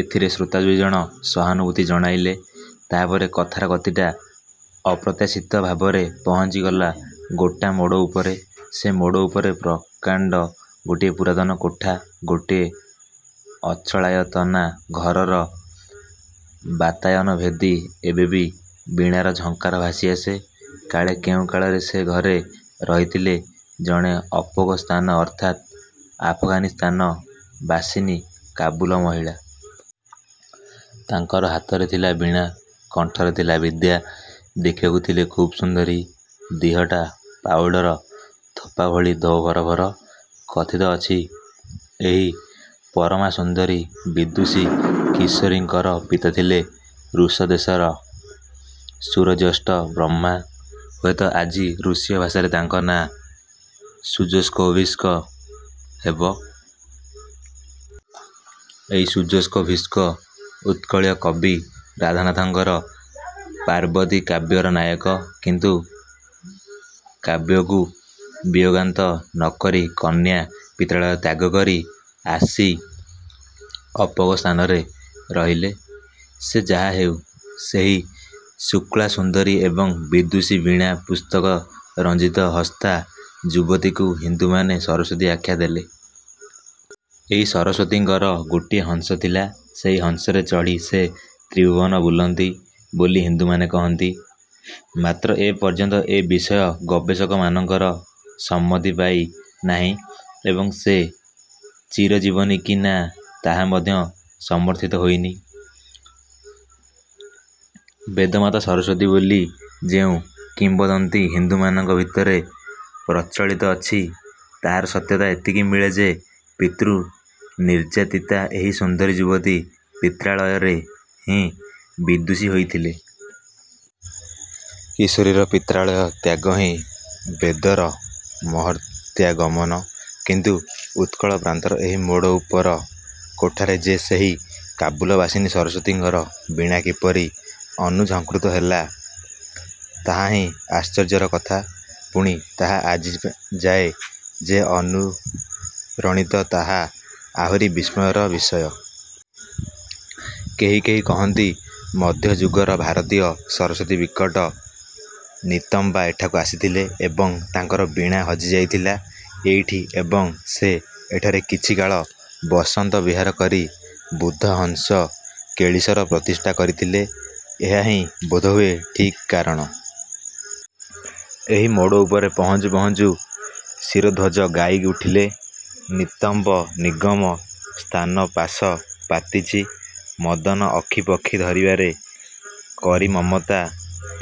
ଏଥିରେ ଶ୍ରୋତା ଦୁଇଜଣ ସହାନୁଭୂତି ଜଣାଇଲେ। ତାହାପରେ କଥାର ଗତିଟା ଅପ୍ରତ୍ୟାଶିତ ଭାବରେ ପହଞ୍ଚିଗଲା ଗୋଟା ମୋଡ଼ ଉପରେ। ସେ ମୋଡ଼ ଉପରେ ପ୍ରକାଣ୍ଡ ଗୋଟିଏ ପୁରାତନ କୋଠା–ଗୋଟିଏ ଅଚଳାୟତନା ଘରର ବାତାୟନ ଭେଦି ଏବେ ବି ବୀଣାର ଝଙ୍କାର ଭାସି ଆସେ। କାଳେ କେଉଁ କାଳରେ ସେ ଘରେ ରହିଥିଲେ ଜଣେ ଅପୋଗ ସ୍ଥାନ ଅର୍ଥାତ୍ ଆଫଗାନିସ୍ଥାନ ବାସିନୀ କାବୁଲ ମହିଳା। ତାଙ୍କର ହାତରେ ଥିଲା ବୀଣା, କଣ୍ଠରେ ଥିଲା ବିଦ୍ୟା। ଦେଖିବାକୁ ଥିଲେ ଖୁବ୍ ସୁନ୍ଦରୀ। ଦିହଟା ପାଉଡ଼ର ଥୋପା ଭଳି ଧୋବ ଫରଫର। କଥିତ ଅଛି, ଏହି ପରମା ସୁନ୍ଦରୀ ବିଦୂଷୀ କିଶୋରୀଙ୍କର ପିତା ଥିଲେ ରୁଷ ଦେଶର ସୁରଜ୍ୟେଷ୍ଠ ବ୍ରହ୍ମା। ହୁଏତ ଆଜି ରୁଷୀୟ ଭାଷାରେ ତାଙ୍କ ନାଁ ସୁଜୋଷ୍କୋଭ୍ସ୍କି ହେବ। ଏହି ସୁଜୋଷ୍କୋଭ୍ସ୍କି ଉତ୍କଳୀୟ କବି ରାଧାନାଥଙ୍କର ପାର୍ବତୀ କାବ୍ୟର ନାୟକ। କିନ୍ତୁ କାବ୍ୟକୁ ବିୟୋଗାନ୍ତ ନ କରି କନ୍ୟା ପିତ୍ରାଳୟ ତ୍ୟାଗ କରି ଆସି ଅପୋଗ–ସ୍ଥାନରେ ରହିଲେ। ସେ ଯାହାହେଉ, ସେହି ଶୁକ୍ଳା ସୁନ୍ଦରୀ ଏବଂ ବିଦୂଷୀ ବୀଣା ପୁସ୍ତକ ରଞ୍ଜିତ ହସ୍ତା ଯୁବତୀକୁ ହିନ୍ଦୁମାନେ ସରସ୍ୱତୀ ଆଖ୍ୟା ଦେଲେ। ଏହି ସରସ୍ଵତୀଙ୍କର ଗୋଟିଏ ହଂସ ଥିଲା, ସେହି ହଂସରେ ଚଢ଼ି ସେ ତ୍ରିଭୁବନ ବୁଲନ୍ତି ବୋଲି ହିନ୍ଦୁମାନେ କହନ୍ତି। ମାତ୍ର ଏ ପର୍ଯ୍ୟନ୍ତ ଏ ବିଷୟ ଗବେଷକମାନଙ୍କର ସମ୍ମତି ପାଇ ନାହିଁ ଏବଂ ସେ ଚିରଜୀବନୀ କି ନା, ତାହା ମଧ୍ୟ ସମର୍ଥିତ ହୋଇନି। "ବେଦମାତା ସରସ୍ଵତୀ" ବୋଲି ଯେଉଁ କିମ୍ବଦନ୍ତୀ ହିନ୍ଦୁମାନଙ୍କ ଭିତରେ ପ୍ରଚଳିତ ଅଛି, ତାହାର ସତ୍ୟତା ଏତିକି ମିଳେ ଯେ, ପିତୃ-ନିର୍ଯାତିତା ଏହି ସୁନ୍ଦରୀ ଯୁବତୀ ପିତ୍ରାଳୟରେ ହିଁ ବିଦୂଷୀ ହୋଇଥିଲେ। କିଶୋରୀର ପିତ୍ରାଳୟ ତ୍ୟାଗହିଁ ବେଦର ମର୍ତ୍ତ୍ୟାଗମନ। କିନ୍ତୁ ଉତ୍କଳ ପ୍ରାନ୍ତର ଏହି ମୋଡ଼ ଉପର କୋଠାରେ ଯେ ସେହି କାବୁଲବାସିନୀ ସରସ୍ଵତୀଙ୍କର ବୀଣା କିପରି ଅନୁଝଙ୍କୃତ ହେଲା ତାହାହିଁ ଆଶ୍ଚର୍ଯ୍ୟର କଥା। ପୁଣି ତାହା ଆଜି ଯାଏ ଯେ ଅନୁରଣିତ, ତାହା ଆହୁରି ବିସ୍ମୟର ବିଷୟ। କେହି କେହି କହନ୍ତି, ମଧ୍ୟ ଯୁଗର ଭାରତୀୟ ସରସ୍ଵତୀ 'ବିକଟ ନିତମ୍ବା' ଏଠାକୁ ଆସିଥିଲେ; ଏବଂ ତାଙ୍କର ବୀଣା ହଜି ଯାଇଥିଲା ଏଇଠି ଏବଂ ସେ ଏଠାରେ କିଛିକାଳ ବସନ୍ତ ବିହାର କରି 'ବୁଧ ହଂସ କେଳିସର' ପ୍ରତିଷ୍ଠା କରିଥିଲେ। ଏହାହିଁ ବୋଧହୁଏ ଠିକ୍ କାରଣ। ଏହି ମୋଡ଼ ଉପରେ ପହଞ୍ଚୁ ପହଞ୍ଚୁ ଶିରଧ୍ୱଜ ଗାଇ ଉଠିଲେ... ନିତମ୍ବ ନିଗମ ସ୍ଥାନ ପାଶ ପାତିଛି ମଦନ ଅକ୍ଷୀ ପକ୍ଷୀ ଧରିବାରେ କରି ମମତା...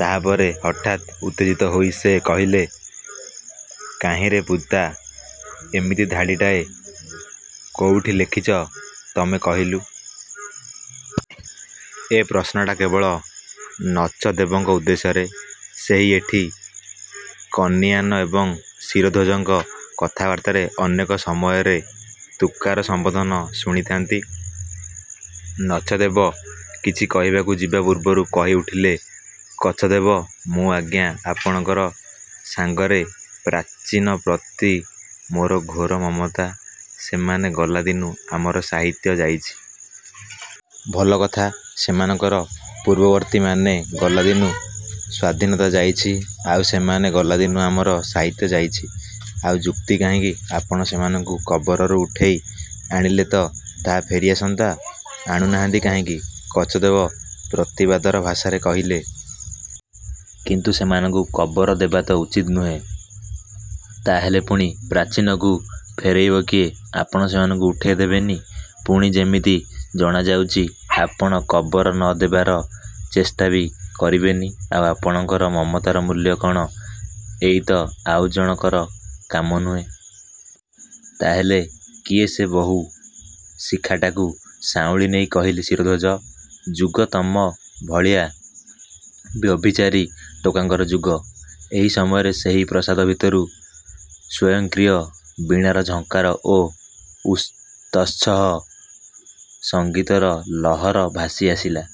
ତାହାପରେ ହଠାତ୍ ଉତ୍ତେଜିତ ହୋଇ ସେ କହିଲେ। "କାହିଁରେ ପୂତା, ଏମିତି ଧାଡ଼ିଟାଏ କୋଉଠି ଲେଖିଛ ତମେ କହିଲୁ? " ଏ ପ୍ରଶ୍ନଟା କେବଳ ନଚଦେବଙ୍କ ଉଦ୍ଦେଶ୍ୟରେ। ସେହି ଏଠି କନୀୟାନ ଏବଂ ଶିରଧ୍ୱଜଙ୍କ କଥାବାର୍ତ୍ତାରେ ଅନେକ ସମୟରେ ତୁକାର ସମ୍ବୋଧନ ଶୁଣିଥାନ୍ତି। ନଚଦେବ କିଛି କହିବାକୁ ଯିବା ପୂର୍ବରୁ କହି ଉଠିଲେ କଚଦେବ... "ମୁଁ ଆଜ୍ଞା ଆପଣଙ୍କ ସାଙ୍ଗରେ। ପ୍ରାଚୀନ ପ୍ରତି ମୋର ଘୋର ମମତା, ସେମାନେ ଗଲାଦିନୁ ଆମର ସାହିତ୍ୟ ଯାଇଛି। " "ଭଲ କଥା, ସେମାନଙ୍କର ପୂର୍ବବର୍ତ୍ତୀମାନେ ଗଲାଦିନୁ ସ୍ୱାଧୀନତା ଯାଇଛି, ଆଉ ସେମାନେ ଗଲାଦିନୁ ଆମର ସାହିତ୍ୟ ଯାଇଛି। ଆଉ ଯୁକ୍ତି କାହିଁକି... ଆପଣ ସେମାନଙ୍କୁ କବରରୁ ଉଠେଇ ଆଣିଲେ ତ ତାହା ଫେରି ଆସନ୍ତା... ଆଣୁ ନାହାନ୍ତି କାହିଁକି? " କଚଦେବ ପ୍ରତିବାଦର ଭାଷାରେ କହିଲେ... "କିନ୍ତୁ ସେମାନଙ୍କୁ କବର ଦେବାତ ଉଚିତ ନୁହେଁ! " "ତା ହେଲେ ପୁଣି ପ୍ରାଚୀନକୁ ଫେରେଇବ କିଏ, ଆପଣ ସେମାନଙ୍କୁ ଉଠେଇବେ ନି, ପୁଣି ଯେମିତି ଜଣାଯାଉଚି ଆପଣ କବର ନ ଦେବାର ଚେଷ୍ଟାବି କରିବେନି... ଆଉ ଆପଣଙ୍କର ମମତାର ମୂଲ୍ୟ କଣ? " "ଇଏତ ଆଉ ଜଣକର କାମ ନୁହେଁ? " "ତା ହେଲେ... କିଏ ସେ ବହୁ...? " ଶିଖାଟାକୁ ସାଉଁଳି ନେଇ କହିଲେ ଶିରଧ୍ୱଜ... "ଯୁଗ... ତମ ଭଳିଆ ବ୍ୟଭିଚାରୀ ଟୋକାଙ୍କର ଯୁଗ!! " ଏହି ସମୟରେ ସେହି ପ୍ରାସାଦ ଭିତରୁ ସ୍ୱୟଂକ୍ରୀୟ ବୀଣାର ଝଙ୍କାର ଓ ତତ୍ସହ ସଙ୍ଗୀତର ଲହର ଭାସି ଆସିଲା।